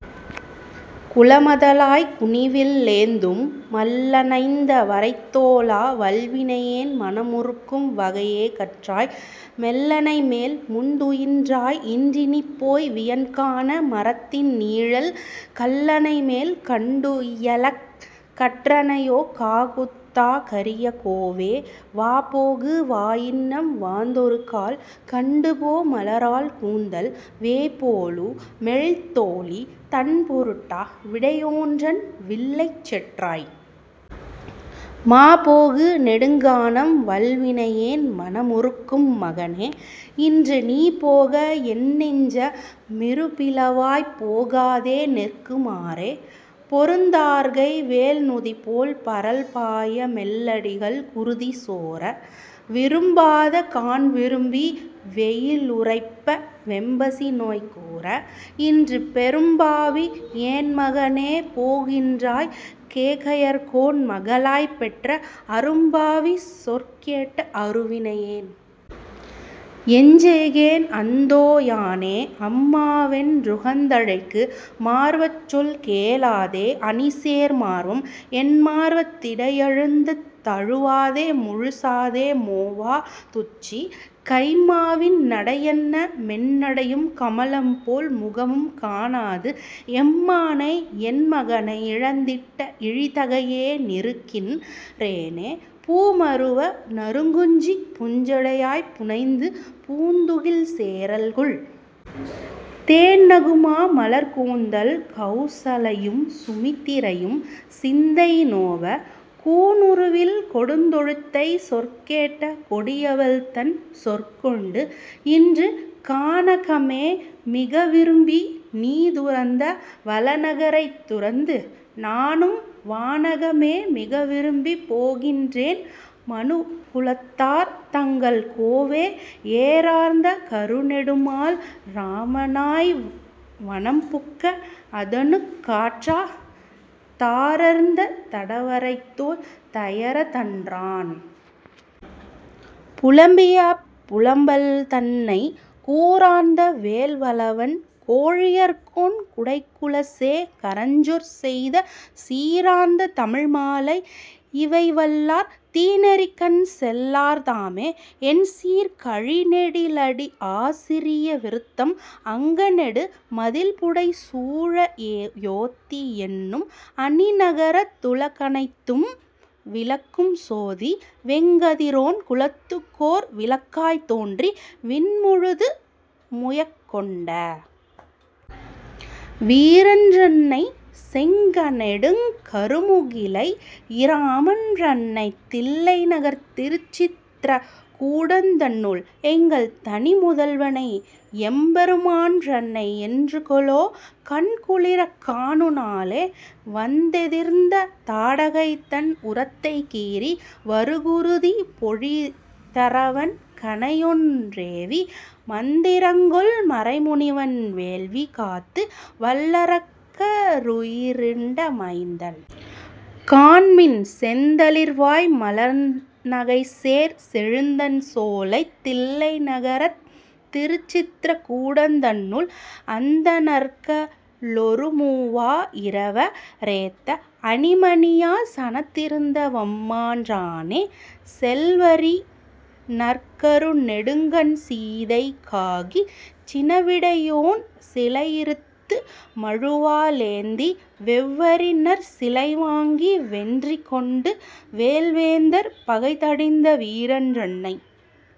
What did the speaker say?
குலமதலாய் குனிவில் லேந்தும் மல்லணைந்த வரைத்தோளா வல்வினையேன் மனமுருக்கும் வகையே கற்றாய் மெல்லணைமேல் முன்துயின்றாய் இன்றினிப்போய் வியன்கான மரத்தின் நீழல் கல்லணைமேல் கண்டுயிலக் கற்றனையோ காகுத்தா கரிய கோவே வாபோகு வாஇன்னம் வாந்தொருகால் கண்டுபோ மலராள் கூந்தல் வேய்போலு மெழில்தோளி தன்பொருட்டா விடையோன்றன் வில்லைச் செற்றாய் மாபோகு நெடுங்கானம் வல்வினையேன் மனமுருக்கும் மகனே இன்று நீபோக என்னெஞ்ச மிருபிளவாய்ப் போகாதே நிற்கு மாறே பொருந்தார்கை வேல்நுதிபோல் பரல்பாய மெல்லடிகள் குருதி சோர விரும்பாத கான்விரும்பி வெயிலுறைப்ப வெம்பசிநோய் கூர இன்று பெரும்பாவி யேன்மகனே போகின்றாய் கேகயர்கோன் மகளாய்ப் பெற்ற அரும்பாவி சொற்கேட்ட அருவினையேன் எஞ்செய்கேன் அந்தோ யானே அம்மாவென் றுலுகந்தழைக்தகு மார்வச்சொல் கேளாதே அணிசேர் மார்வம் என்மார்வத் திடையழுந்தத் தழுவாதே முழுசாதே மோவா துச்சி கைம்மாவின் நடையன்ன மென்னடையும் கமலம்போல் முகமும் காணாது எம்மானை யென்மகனை யிழந்திட்ட இழிதகையே னிருக்கின் றேனே பூமருவு நறுங்குஞ்சி புஞ்சடையாய்ப் புனைந்துபூந் துகில்சே ரல்குல் தேன்நகுமா மலர்க்கூந்தல் கௌசலையும் சுமித்திரையும் சிந்தை நோவ கூனுருவில் கொடுந்தொழுத்தை சொற்கேட்ட கொடியவள்தன் சொற்கொண்டு இன்று கானகமே மிகவிரும்பி நீதுறந்த வளநகரைத் துறந்து நானும் வானகமே மிகவிரும்பிப் போகின்றேன் மனுகுலத்தார் தங்கள் கோவே ஏரார்ந்த கருநெடுமால் இராமனாய் வனம்புக்க அதனுக் காற்றா தாரர்ந்த தடவரைத்தோள் தயரதன்றான் புலம்பியஅப் புலம்பல் தன்னை கூரார்ந்த வேல்வலவன் கோழியர்கோன் குடைக்குலசே கரஞ்சொற் செய்த சீரார்ந்த தமிழ்மாலை யிவைவல்லார் தீநெறிக்கண் செல்லார் தாமே எண்சீர்க் கழிநெடிலடி ஆசிரிய விருத்தம் அங்கணெடு மதிள்புடைசூ ழயோத்தி யென்னும் அணிநகரத் துலகனைத்தும் விளக்கும் சோதி வெங்கதிரோன் குலத்துக்கோர் விளக்காய்த் தோன்றி விண்முழுது முயக்கொண்ட வீரன் றன்னை, செங்கணெடுங் கருமுகிலை யிராமன் றன்னைத் தில்லைநகர்த் திருச்சித்ர கூடந் தன்னுள் எங்கள்தனி முதல்வனையெம் பெருமான் றன்னை என்றுகொலோ கண்குளிரக் காணு நாளே வந்தெதிர்ந்த தாடகைதன் உரத்தைக் கீறி வருகுருதி பொழிதரவன் கணையொன் றேவி மந்திரங்கொள் மறைமுனிவன் வேள்வி காத்து வல்லரக்க ருயிருண்ட மைந்தன் காண்மின் செந்தளிர்வாய் மலர்நகைசேர் செழுந்தண் சோலைத் தில்லைநகர்த் திருச்சித்ர கூடந் தன்னுள் அந்தணர்க ளொருமூவா யிரவ ரேத்த அணிமணியா சனத்திருந்த வம்மான் றானே செல்வரிநற் கருநெடுங்கண் சீதைக் காகிச் சினவிடையோன் சிலையிறுத்து மழுவா ளேந்தி வெவ்வரிநற் சிலைவாங்கி வென்றி கொண்டு வேல்வேந்தர் பகைதடிந்த வீரன் றன்னை